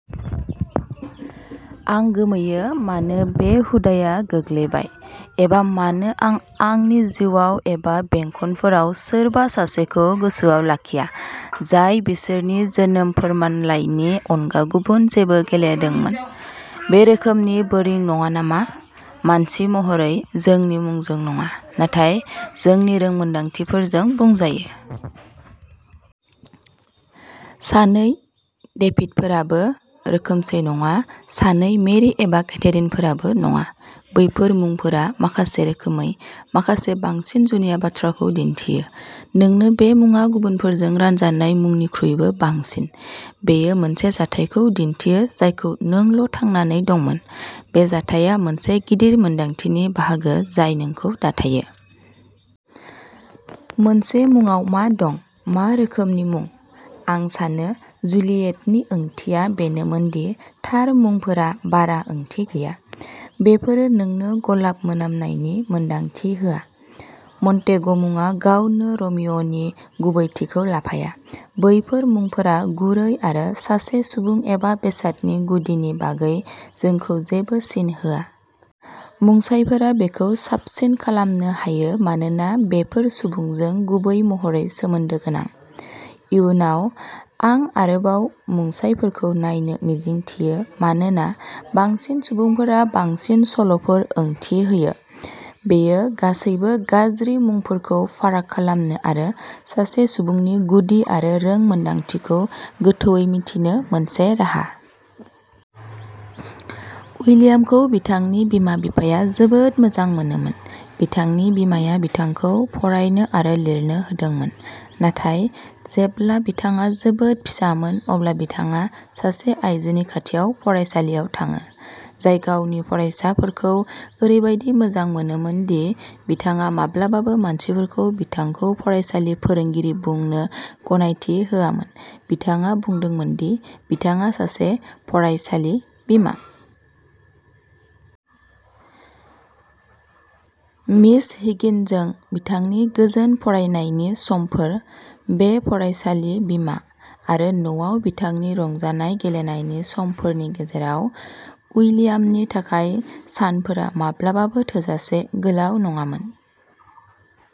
आं गोमोयो मानो बे हुदाआ गोग्लैबाय, एबा मानो आं आंनि जिउआव एबा बेंखनफोराव सोरबा सासेखौ गोसोआव लाखिया, जाय बिसोरनि जोनोम फोरमानलाइनि अनगा गुबुन जेबो गेलेदोंमोन। बे रोखोमनि बोरिं नङा नामा? मानसि महरै, जोंनि मुंजों नङा, नाथाय जोंनि रोंमोनदांथिफोरजों बुंजायो। सानै डेभिडफोराबो रोखोमसे नङा। सानै मेरि एबा केथेरिनफोरबो नङा। बैफोर मुंफोरा माखासे रोखोमै, माखासे बांसिन जुनिया बाथ्राखौ दिन्थियो। नोंनो बे मुङा गुबुनफोरजों रानजानाय मुंनिख्रुइबो बांसिन। बेयो मोनसे जाथायखौ दिन्थियो जायखौ नोंल'थांनानै दंमोन। बे जाथायआ मोनसे गिदिर मोनदांथिनि बाहागो जाय नोंखौ दाथायो। मोनसे मुंआव मा दं? मा रोखोमनि मुं? आं सानो जुलियेटनि ओंथिया बेनोमोन दि थार मुंफोरा बारा ओंथि गैया। बेफोरो नोंनो गलाब मोनामनायनि मोनदांथि होआ। मन्टेग'मुङा गावनो र'मिय'नि गुबैथिखौ लाफाया। बैफोर मुंफोरा गुरै आरो सासे सुबुं एबा बेसादनि गुदिनि बागै जोंखौ जेबो सिन होआ। मुंसायफोरा बेखौ साबसिन खालामनो हायो मानोना बेफोर सुबुंजों गुबै महरै सोमोन्दो गोनां। इयुनाव, आं आरोबाव मुंसायफोरखौ नायनो मिजिंथियो मानोना बांसिन मुंसायफोरा बांसिन सल'फोर ओंथि होयो। बेयो गासैबो गाज्रि मुंफोरखौ फाराग खालामनो आरो सासे सुबुंनि गुदि आरो रोंमोनदांथिखौ गोथौवै मिथिनो मोनसे राहा।. विलियमखौ बिथांनि बिमा-बिफाया जोबोद मोजां मोनोमोन। बिथांनि बिमाया बिथांखौ फरायनो आरो लिरनो फोरोंदोंमोन, नाथाय जेब्ला बिथाङा जोबोद फिसामोन अब्ला बिथाङा सासे आइजोनि खाथियाव फरायसालियाव थाङो, जाय गावनि फरायसाफोरखौ ओरैबादि मोजां मोनोमोन दि बिथाङा माब्लाबाबो मानसिफोरखौ बिथांखौ फरायसालि-फोरोंगिरि बुंनो गनायथि होआमोन-- बिथाङा बुंदोंमोन दि बिथाङा सासे फरायसालि-बिमा। मिस हिगिनसनजों बिथांनि गोजोन फरायनायनि समफोर, बे फरायसालि-बिमा, आरो न'आव बिथांनि रंजानाय गेलेनायनि समफोरनि गेजेराव, उइलियामनि थाखाय सानफोरा माब्लाबाबो थोजासे गोलाव नङामोन।